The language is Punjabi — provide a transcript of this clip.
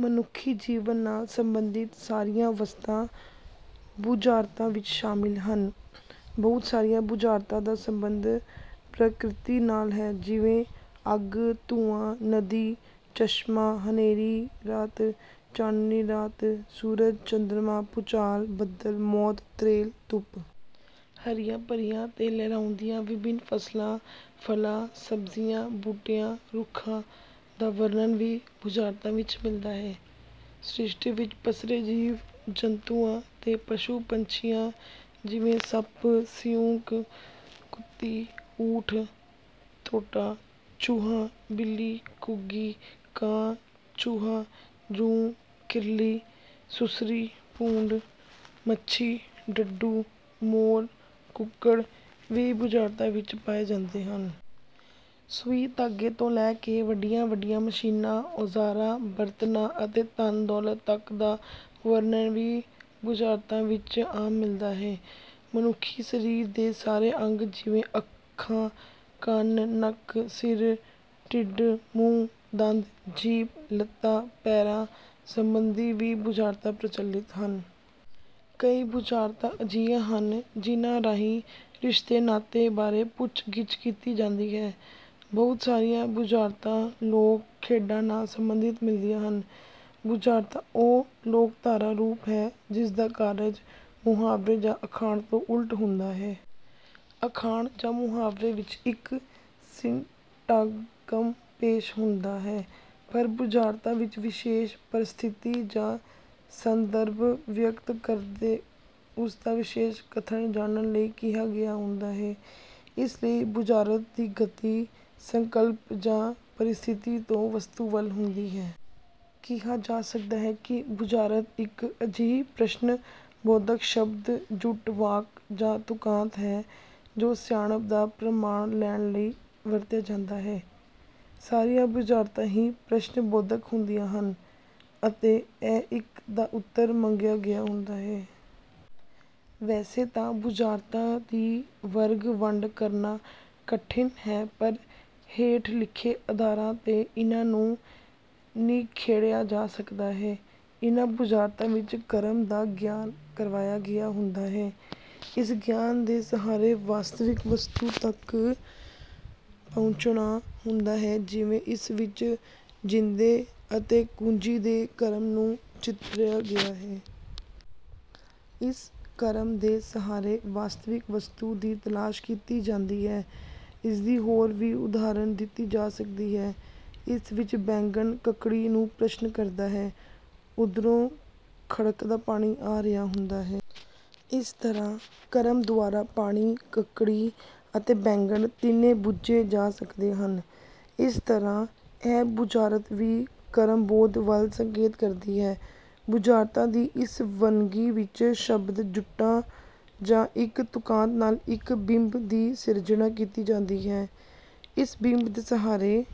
ਮਨੁੱਖੀ ਜੀਵਨ ਨਾਲ ਸੰਬੰਧਿਤ ਸਾਰੀਆਂ ਵਸਤਾਂ ਬੁਝਾਰਤਾਂ ਵਿੱਚ ਸ਼ਾਮਿਲ ਹਨ। ਬਹੁਤ ਸਾਰੀਆਂ ਬੁਝਾਰਤਾਂ ਦਾ ਸੰਬੰਧ ਪ੍ਰਕ੍ਰਿਤੀ ਨਾਲ ਹੈ ਜਿਵੇਂ ਅੱਗ ਧੂੰਆਂ ਨਦੀ ਚਸ਼ਮਾ ਹਨੇਰੀ ਰਾਤ ਚਾਨਣੀ ਰਾਤ ਸੂਰਜ ਚੰਦਰਮਾ ਭੂਚਾਲ ਬੱਦਲ ਮੌਤ ਤਰੇਲ ਧੁੱਪ। ਹਰੀਆਂ ਭਰੀਆਂ ਤੇ ਲਹਿਰਾਉਂਦੀਆਂ ਵਿਭਿੰਨ ਫਸਲਾਂ ਫਲਾਂ ਸਬਜ਼ੀਆਂ ਬੂਟਿਆਂ ਰੁੱਖਾਂ ਦਾ ਵਰਨਣ ਵੀ ਬੁਝਾਰਤਾਂ ਵਿੱਚ ਮਿਲਦਾ ਹੈ। ਸ੍ਰਿਸ਼ਟੀ ਵਿੱਚ ਪਸਰੇ ਜੀਵ ਜੰਤੂਆਂ ਤੇ ਪਸ਼ੂ ਪੰਛੀਆਂ ਜਿਵੇਂ ਸੱਪ ਸਿਉਂਕ ਕੁੱਤੀ ਊਠ ਥੋਡਾ ਚੂਹਾ ਬਿੱਲੀ ਘੁੱਗੀ ਕਾਂ ਚੂਹਾ ਜੂੰ ਕਿਰਲੀ ਸੁਸਰੀ ਭੂੰਡ ਮੱਛੀ ਡੱਡੂ ਮੋਰ ਕੁੱਕੜ ਵੀ ਬੁਝਾਰਤਾਂ ਵਿੱਚ ਪਾਏ ਜਾਂਦੇ ਹਨ। ਸੂਈ ਧਾਗੇ ਤੋਂ ਲੈ ਕੇ ਵੱਡੀਆਂ ਵੱਡੀਆਂ ਮਸ਼ੀਨਾਂ ਔਜ਼ਾਰਾਂ ਬਰਤਨਾਂ ਅਤੇ ਧਨ ਦੌਲਤ ਤੱਕ ਦਾ ਵਰਣਨ ਵੀ ਬੁਝਾਰਤਾਂ ਵਿੱਚ ਆਮ ਮਿਲਦਾ ਹੈ। ਮਨੁੱਖੀ ਸਰੀਰ ਦੇ ਸਾਰੇ ਅੰਗ ਜਿਵੇਂ ਅੱਖਾਂ ਕੰਨ ਨੱਕ ਸਿਰ ਢਿੱਡ ਮੂੰਹ ਦੰਦ ਜੀਭ ਲੱਤਾਂ ਪੈਰ ਸੰਬੰਧੀ ਵੀ ਬੁਝਾਰਤਾਂ ਪ੍ਰਚਲਿਤ ਹਨ। ਕਈ ਬੁਝਾਰਤਾਂ ਅਜਿਹੀਆਂ ਹਨ ਜਿਹਨਾਂ ਰਾਹੀਂ ਰਿਸ਼ਤੇ ਨਾਤੇ ਬਾਰੇ ਪੁੱਛ ਗਿੱਛ ਕੀਤੀ ਜਾਂਦੀ ਹੈ। ਬਹੁਤ ਸਾਰੀਆਂ ਬੁਝਾਰਤਾਂ ਲੋਕ ਖੇਡਾਂ ਨਾਲ ਸੰਬੰਧਿਤ ਮਿਲਦੀਆਂ ਹਨ। ਬੁਝਾਰਤਾਂ ਉਹ ਲੋਕਧਾਰਾ ਰੂਪ ਹੈ ਜਿਸ ਦਾ ਕਾਰਜ ਮੁਹਾਵਰੇ ਜਾਂ ਅਖਾਣ ਤੋਂ ਉਲਟ ਹੁੰਦਾ ਹੈ। ਅਖਾਣ ਜਾਂ ਮੁਹਾਵਰੇ ਵਿੱਚ ਇੱਕ ਸਿੰਟਾਗਮ ਪੇਸ਼ ਹੁੰਦਾ ਹੈ। ਪਰ ਬੁਝਾਰਤਾਂ ਵਿੱਚ ਵਿਸ਼ੇਸ਼ ਪਰਿਸਥਿਤੀ ਜਾਂ ਸੰਦਰਭ ਵਿਅਕਤ ਕਰਕੇ ਉਸ ਦਾ ਵਿਸ਼ੇਸ਼ ਕਥਨ ਜਾਣਨ ਲਈ ਕਿਹਾ ਗਿਆ ਹੁੰਦਾ ਹੈ। ਇਸ ਲਈ ਬੁਝਾਰਤ ਦੀ ਗਤੀ ਸੰਕਲਪ ਜਾਂ ਪਰਿਸਥਿਤੀ ਤੋਂ ਵਸਤੂ ਵੱਲ ਹੁੰਦੀ ਹੈ। ਕਿਹਾ ਜਾ ਸਕਦਾ ਹੈ ਕਿ ਬੁਝਾਰਤ ਇੱਕ ਅਜਿਹਾ ਪ੍ਰਸ਼ਨ ਬੋਧਕ ਸ਼ਬਦ ਜੁੱਟ ਵਾਕ ਜਾਂ ਤੁਕਾਂਤ ਹੈ ਜੋ ਸਿਆਣਪ ਦਾ ਪ੍ਰਮਾਣ ਲੈਣ ਲਈ ਵਰਤਿਆ ਜਾਂਦਾ ਹੈ। ਸਾਰੀਆਂ ਬੁਝਾਰਤਾਂ ਹੀ ਪ੍ਰਸ਼ਨ ਬੋਧਕ ਹੁੰਦੀਆਂ ਹਨ ਅਤੇ ਹਰ ਇੱਕ ਦਾ ਉੱਤਰ ਮੰਗਿਆ ਗਿਆ ਹੁੰਦਾ ਹੈ। ਵੈਸੇ ਤਾਂ ਬੁਝਾਰਤਾਂ ਦੀ ਵਰਗ ਵੰਡ ਕਰਨਾ ਕਠਿਨ ਹੈ ਪਰ ਹੇਠ ਲਿਖੇ ਅਧਾਰਾਂ ਤੇ ਇਨ੍ਹਾਂ ਨੂੰ ਨਿਖੇੜਿਆ ਜਾ ਸਕਦਾ ਹੈ। ਇਨ੍ਹਾਂ ਬੁਝਾਰਤਾਂ ਵਿੱਚ ਕਰਮ ਦਾ ਗਿਆਨ ਕਰਵਾਇਆ ਗਿਆ ਹੁੰਦਾ ਹੈ। ਇਸ ਗਿਆਨ ਦੇ ਸਹਾਰੇ ਵਾਸਤਵਿਕ ਵਸਤੂ ਤੱਕ ਪਹੁੰਚਣਾ ਹੁੰਦਾ ਹੈ ਜਿਵੇਂ ਇਸ ਵਿੱਚ ਜਿੰਦੇ ਅਤੇ ਕੁੰਜੀ ਦੇ ਕਰਮ ਨੂੰ ਚਿਤਰਿਆ ਗਿਆ ਹੈ। ਇਸ ਕਰਮ ਦੇ ਸਹਾਰੇ ਵਾਸਤਵਿਕ ਵਸਤੂ ਦੀ ਤਲਾਸ਼ ਕੀਤੀ ਜਾਂਦੀ ਹੈ। ਇਸਦੀ ਹੋਰ ਵੀ ਉਦਾਹਰਨ ਦਿੱਤੀ ਜਾ ਸਕਦੀ ਹੈ। ਇਸ ਵਿੱਚ ਬੈਂਗਣ ਕੱਕੜੀ ਨੂੰ ਪ੍ਰਸ਼ਨ ਕਰਦਾ ਹੈ। ਉਧਰੋਂ ਖੜਕਦਾ ਪਾਣੀ ਆ ਰਿਹਾ ਹੁੰਦਾ ਹੈ। ਇਸ ਤਰ੍ਹਾਂ ਕਰਮ ਦੁਆਰਾ ਪਾਣੀ ਕੱਕੜੀ ਅਤੇ ਬੈਂਗਣ ਤਿੰਨੇ ਬੁੱਝੇ ਜਾ ਸਕਦੇ ਹਨ। ਇਸੇ ਤਰ੍ਹਾਂ ਇਹ ਬੁਝਾਰਤ ਵੀ ਕਰਮਬੋਧ ਵੱਲ ਸੰਕੇਤ ਕਰਦੀ ਹੈ। ਬੁਝਾਰਤਾਂ ਦੀ ਇਸ ਵੰਨਗੀ ਵਿੱਚ ਸ਼ਬਦ ਜੁੱਟਾਂ ਜਾਂ ਇੱਕ ਤੁਕਾਂਤ ਨਾਲ ਇੱਕ ਬਿੰਬ ਦੀ ਸਿਰਜਣਾ ਕੀਤੀ ਜਾਂਦੀ ਹੈ। ਇਸ ਬਿੰਬ ਦੇ ਸਹਾਰੇ